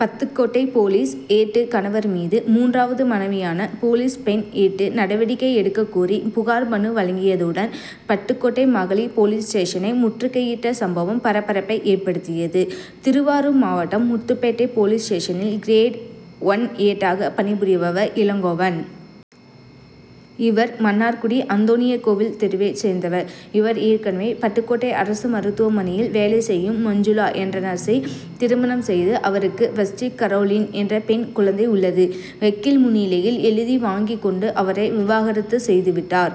Pattukkottai police ஏட்டு கணவர் மீது, மூன்றாவது மனைவியான போலீஸ் பெண் ஏட்டு நடவடிக்கை எடுக்கக்கோரி புகார் மனு வழங்கியதுடன், பட்டுக்கோட்டை மகளிர் போலீஸ் ஸ்டேஷனை முற்றுகையிட்ட சம்பவம் பரபரப்பை ஏற்படுத்தியது. திருவாரூர் மாவட்டம் முத்துப்பேட்டை போலீஸ் ஸ்டேஷனில் கிரேடு ஒன் ஏட்டாக பணி புரிபவர் இளங்கோவன். இவர் மன்னார்குடி அந்தோணியார் கோவில் தெருவைச் சேர்ந்தவர். இவர் ஏற்கனவே பட்டுக்கோட்டை அரசு மருத்துவமனையில் வேலை செய்யும் மஞ்சுளா என்ற நர்சை திருமணம் செய்து அவருக்கு வஸ்திகரோலின் என்ற பெண் குழந்தை உள்ளது. வக்கீல் முன்னிலையில் எழுதி வாங்கிக் கொண்டு அவரை விவாகரத்து செய்து விட்டார்.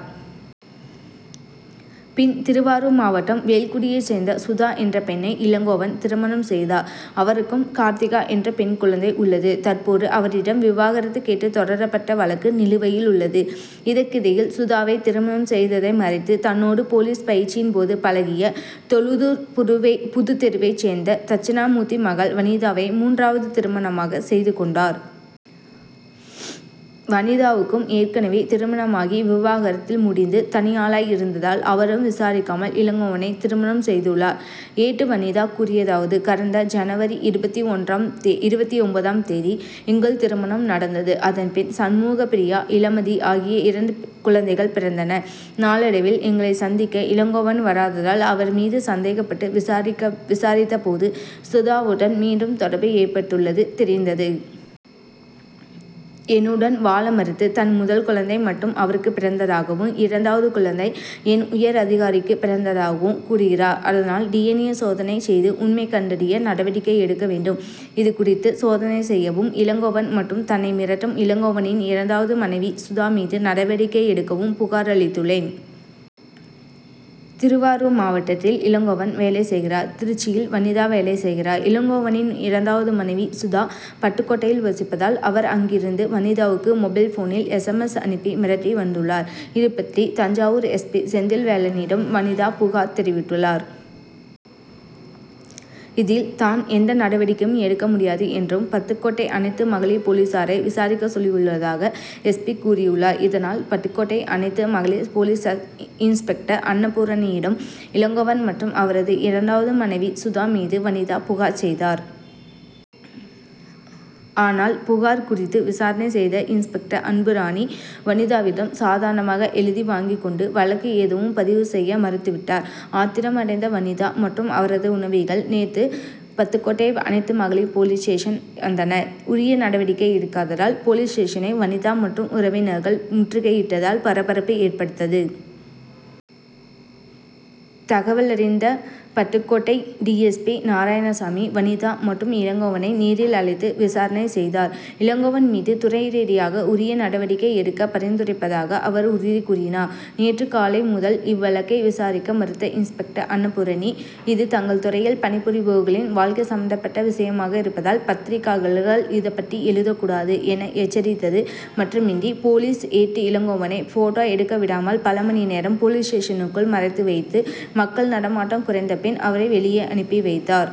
பின், திருவாருர் மாவட்டம் வேல்குடியைச் சேர்ந்த சுதா என்ற பெண்ணை இளங்கோவன் திருமணம் செய்தார். அவருக்கும் கார்த்திகா என்ற பெண் குழந்தை உள்ளது. தற்போது அவரிடம் விவாகரத்து கேட்டு தொடரப்பட்ட வழக்கு நிலுவையில் உள்ளது. இதற்கிடையில், சுதாவை திருமணம் செய்ததை மறைத்து தன்னோடு போலீஸ் பயிற்சியின் போது பழகிய தொழுதூர் புதுத்தெருவைச் சேர்ந்த தட்சணாமூர்த்தி மகள் வனிதாவை, மூன்றாவதாக திருமணம் செய்து கொண்டார். வனிதாவுக்கும் ஏற்கனவே திருமணமாகி விவாகரத்தில் முடிந்து தனியாளாய் இருந்ததால் அவரும் விசாரிக்காமல் இளங்கோவனை திருமணம் செய்துள்ளார். ஏட்டு வனிதா கூறியதாவது: கடந்த ஜன., இருபத்து ஒன்பதாம் தேதி எங்கள் திருமணம் நடந்தது. அதன் பின் சண்முகப்பிரியா இளமதி ஆகிய இரண்டு குழந்தைகள் பிறந்தனர். நாளடைவில் எங்களை சந்திக்க இளங்கோவன் வராததால் அவர் மீது சந்தேகப்பட்டு விசாரித்த போது, சுதாவுடன் மீண்டும் தொடர்பு ஏற்பட்டுள்ளது தெரிந்தது. என்னுடன் வாழ மறுத்து, தன் முதல் குழந்தை மட்டும் அவருக்கு பிறந்ததாகவும், இரண்டாவது குழந்தை என் உயர் அதிகாரிக்கு பிறந்ததாகவும் கூறுகிறார். அதனால், டி. என். ஏ., சோதனை செய்து உண்மை கண்டறிய நடவடிக்கை எடுக்க வேண்டும். இதுகுறித்து, சோதனை செய்யவும், இளங்கோவன் மற்றும் தன்னை மிரட்டும் இளங்கோவனின் இரண்டாவது மனைவி சுதா மீது நடவடிக்கை எடுக்கவும் புகார் அளித்துள்ளேன். திருவாரூர் மாவட்டத்தில் இளங்கோவன் வேலை செய்கிறார். திருச்சியில் வனிதா வேலை செய்கிறார். இளங்கோவனின் இரண்டாவது மனைவி சுதா, பட்டுக்கோட்டையில் வசிப்பதால், அவர் அங்கிருந்து வனிதாவுக்கு மொபைல்போனில் எஸ். எம். எஸ்., அனுப்பி மிரட்டி வந்துள்ளார். இதுபற்றி தஞ்சாவூர் எஸ். பி., செந்தில்வேலனிடம் வனிதா புகார் தெரிவித்துள்ளார். இதில், தான் எந்த நடவடிக்கையும் எடுக்க முடியாது என்றும், பட்டுக்கோட்டை அனைத்து மகளிர் போலீசாரை விசாரிக்க சொல்லியுள்ளதாக, எஸ். பி., கூறியுள்ளார். இதனால், பட்டுக்கோட்டை அனைத்து மகளிர் போலீஸ் இன்ஸ்பெக்டர் அன்புராணியிடம் இளங்கோவன் மற்றும் அவரது இரண்டாவது மனைவி சுதா மீது வனிதா புகார் செய்தார். ஆனால், புகார் குறித்து விசாரணை செய்த இன்ஸ்பெக்டர் அன்புராணி, வனிதாவிடம் சாதாரணமாக எழுதி வாங்கிக் கொண்டு வழக்கு ஏதும் பதிவு செய்ய மறுத்துவிட்டார். ஆத்திரம் அடைந்த வனிதா மற்றும் அவரது உறவினர்கள் நேற்று பட்டுக்கோட்டை அனைத்து மகளிர் போலீஸ் ஸ்டேஷன் வந்தனர். உரிய நடவடிக்கை எடுக்காததால், போலீஸ் ஸ்டேஷனை வனிதா மற்றும் உறவினர்கள் முற்றுகையிட்டதால் பரபரப்பு ஏற்பட்டது. தகவலறிந்த Pattukkottai D. S. P., Narayanasamy, Vanitha மற்றும் இளங்கோவனை நேரில் அழைத்து விசாரணை செய்தார். இளங்கோவன் மீது துறை ரீதியாக உரிய நடவடிக்கை எடுக்க பரிந்துரைப்பதாக அவர் உறுதி கூறினார். நேற்று காலை முதல் இவ்வழக்கை விசாரிக்க மறுத்த இன்ஸ்பெக்டர் அன்புராணி, இது தங்கள் துறையில் பணி புரிபவர்களின் வாழ்க்கை சம்பந்தப்பட்ட விஷயமாக இருப்பதால், பத்திரிகையாளர்கள் இது பற்றி எழுதக் கூடாது,' என, எச்சரித்தது மட்டுமின்றி, போலீஸ் ஏட்டு இளங்கோவனை போட்டோ எடுக்கவிடாமல் பல மணி நேரம் போலீஸ் ஸ்டேஷனுக்குள் மறைத்து வைத்து, மக்கள் நடமாட்டம் குறைந்த பின் அவரை வெளியே அனுப்பி வைத்தார்.